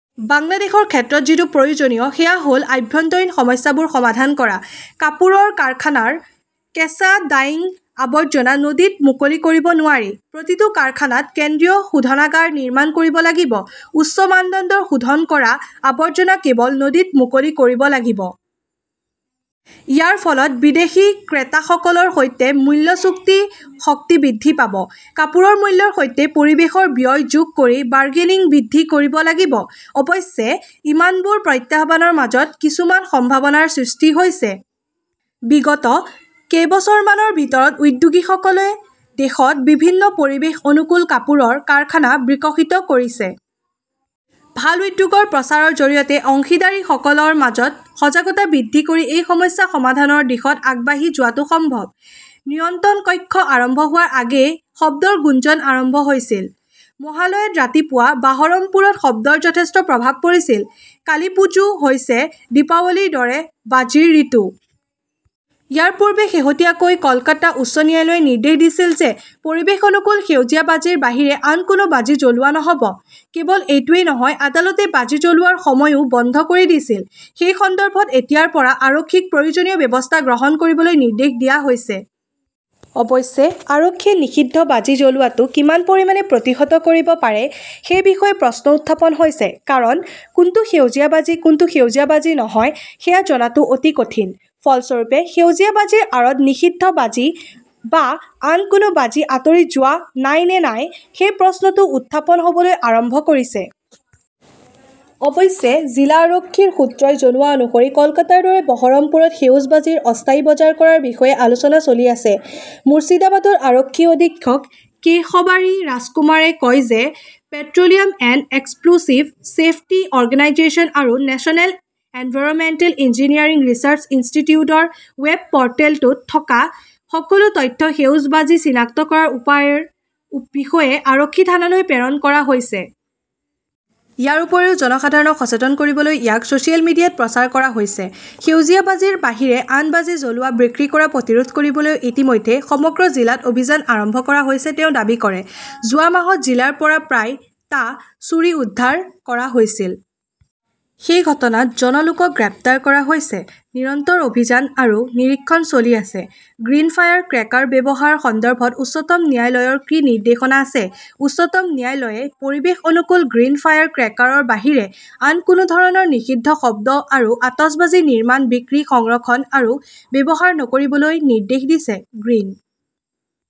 বাংলাদেশৰ ক্ষেত্ৰত যিটো প্ৰয়োজনীয় সেয়া হ "ল আভ্যন্তৰীণ সমস্যাবোৰ সমাধান কৰা। কাপোৰৰ কাৰখানাৰ কেঁচা ডাইং আৱৰ্জনা নদীত মুকলি কৰিব নোৱাৰি। প্ৰতিটো কাৰখানাত কেন্দ্ৰীয় শোধনাগাৰ নিৰ্মাণ কৰিব লাগিব। উচ্চ মানদণ্ডৰ শোধন কৰা আৱৰ্জনা কেৱল নদীত মুকলি কৰিব লাগিব। ইয়াৰ ফলত বিদেশী ক্ৰেতাসকলৰ সৈতে "মূল্য চুক্তিৰ শক্তি" বৃদ্ধি পাব। কাপোৰৰ মূল্যৰ সৈতে পৰিৱেশৰ ব্যয় যোগ কৰি বাৰ্গেনিং বৃদ্ধি কৰিব লাগিব। অৱশ্যে, ইমানবোৰ প্ৰত্যাহ্বানৰ মাজত কিছুমান সম্ভাৱনাও সৃষ্টি হৈছে। বিগত কেইবছৰমানৰ ভিতৰত উদ্যোগীসকলে দেশত বিভিন্ন পৰিৱেশ-অনুকূল কাপোৰৰ কাৰখানা বিকশিত কৰিছে। ভাল উদ্যোগৰ প্ৰচাৰৰ জৰিয়তে অংশীদাৰসকলৰ মাজত সজাগতা বৃদ্ধি কৰি এই সমস্যাৰ সমাধানৰ দিশত আগবাঢ়ি যোৱাটো সম্ভৱ। নিয়ন্ত্ৰণ কক্ষ আৰম্ভ হোৱাৰ আগতেই শব্দৰ গুঞ্জন আৰম্ভ হৈছিল! মহালয়াত ৰাতিপুৱা বাহৰমপুৰত শব্দৰ যথেষ্ট প্ৰভাৱ পৰিছিল। কালিপ্পুজো হৈছে দীপাৱলীৰ দৰে বাজিৰ ঋতু। ইয়াৰ পূৰ্বে শেহতীয়াকৈ কলকাতা উচ্চ ন্যায়ালয়ে নিৰ্দেশ দিছিল যে পৰিৱেশ অনুকূল সেউজীয়া বাজিৰ বাহিৰে আন কোনো বাজি জ্বলোৱা নহ 'ব। কেৱল এইটোৱেই নহয়, আদালতে বাজি জ্বলোৱাৰ সময়ও বন্ধ কৰি দিছিল। সেই সন্দৰ্ভত এতিয়াৰ পৰা আৰক্ষীক প্ৰয়োজনীয় ব্যৱস্থা গ্ৰহণ কৰিবলৈ নিৰ্দেশ দিয়া হৈছে। অৱশ্যে, আৰক্ষীয়ে নিষিদ্ধ বাজি জ্বলোৱাটো কিমান পৰিমাণে প্ৰতিহত কৰিব পাৰে সেই বিষয়ে প্ৰশ্ন উত্থাপন হৈছে। কাৰণ কোনটো সেউজীয়া বাজি, কোনটো সেউজীয়া বাজি নহয় সেয়া জনাটো অতি কঠিন। ফলস্বৰূপে, সেউজীয়া বাজিৰ আঁৰত নিষিদ্ধ বাজি বা আন কোনো বাজি আঁতৰি যোৱা নাই নে নাই সেই প্ৰশ্নটো উত্থাপন হ "বলৈ আৰম্ভ কৰিছে। অৱশ্যে, জিলা আৰক্ষীৰ সূত্ৰই জনোৱা অনুসৰি কলকাতাৰ দৰে বহৰমপুৰত সেউজ বাজিৰ অস্থায়ী বজাৰ কৰাৰ বিষয়ে আলোচনা চলি আছে। মুৰ্ছিদাবাদৰ আৰক্ষী অধীক্ষক কে শবাৰী ৰাজকুমাৰে কয় যে "petroleum and explosive safety organisation আৰু নেচনেল এনভাইৰনমেণ্টেল ইঞ্জিনিয়াৰিং ৰিচাৰ্চ ইনষ্টিটিউটৰ ৱেব পোৰ্টেলত থকা সকলো তথ্য সেউজ বাজি চিনাক্ত কৰাৰ উপায়ৰ বিষয়ে আৰক্ষী থানালৈ প্ৰেৰণ কৰা হৈছে। ইয়াৰ উপৰিও জনসাধাৰণক সচেতন কৰিবলৈ ইয়াক ছ "চিয়েল মিডিয়াত প্ৰচাৰ কৰা হৈছে। "সেউজীয়া বাজিৰ বাহিৰে আন বাজি জ্বলোৱা, বিক্ৰী কৰা প্ৰতিৰোধ কৰিবলৈ ইতিমধ্যে সমগ্ৰ জিলাত অভিযান আৰম্ভ কৰা হৈছে", তেওঁ দাবী কৰে। যোৱা মাহত জিলাখনৰ পৰা প্ৰায়, টা চুৰি উদ্ধাৰ কৰা হৈছিল। সেই ঘটনাত জন লোকক গ্ৰেপ্তাৰ কৰা হৈছে। নিৰন্তৰ অভিযান আৰু নিৰীক্ষণ চলি আছে। "গ্ৰীণ ফায়াৰ ক্ৰেকাৰ ব্যৱহাৰৰ সন্দৰ্ভত উচ্চতম ন্যায়ালয়ৰ কি নিৰ্দেশনা আছে? উচ্চতম ন্যায়ালয়ে পৰিৱেশ অনুকূল 'গ্ৰীণ ফায়াৰ ক্ৰেকাৰ "ৰ বাহিৰে আন কোনো ধৰণৰ নিষিদ্ধ শব্দ আৰু আতচবাজী নিৰ্মাণ, বিক্ৰী, সংৰক্ষণ আৰু ব্যৱহাৰ নকৰিবলৈ নিৰ্দেশ দিছে। গ্ৰীণ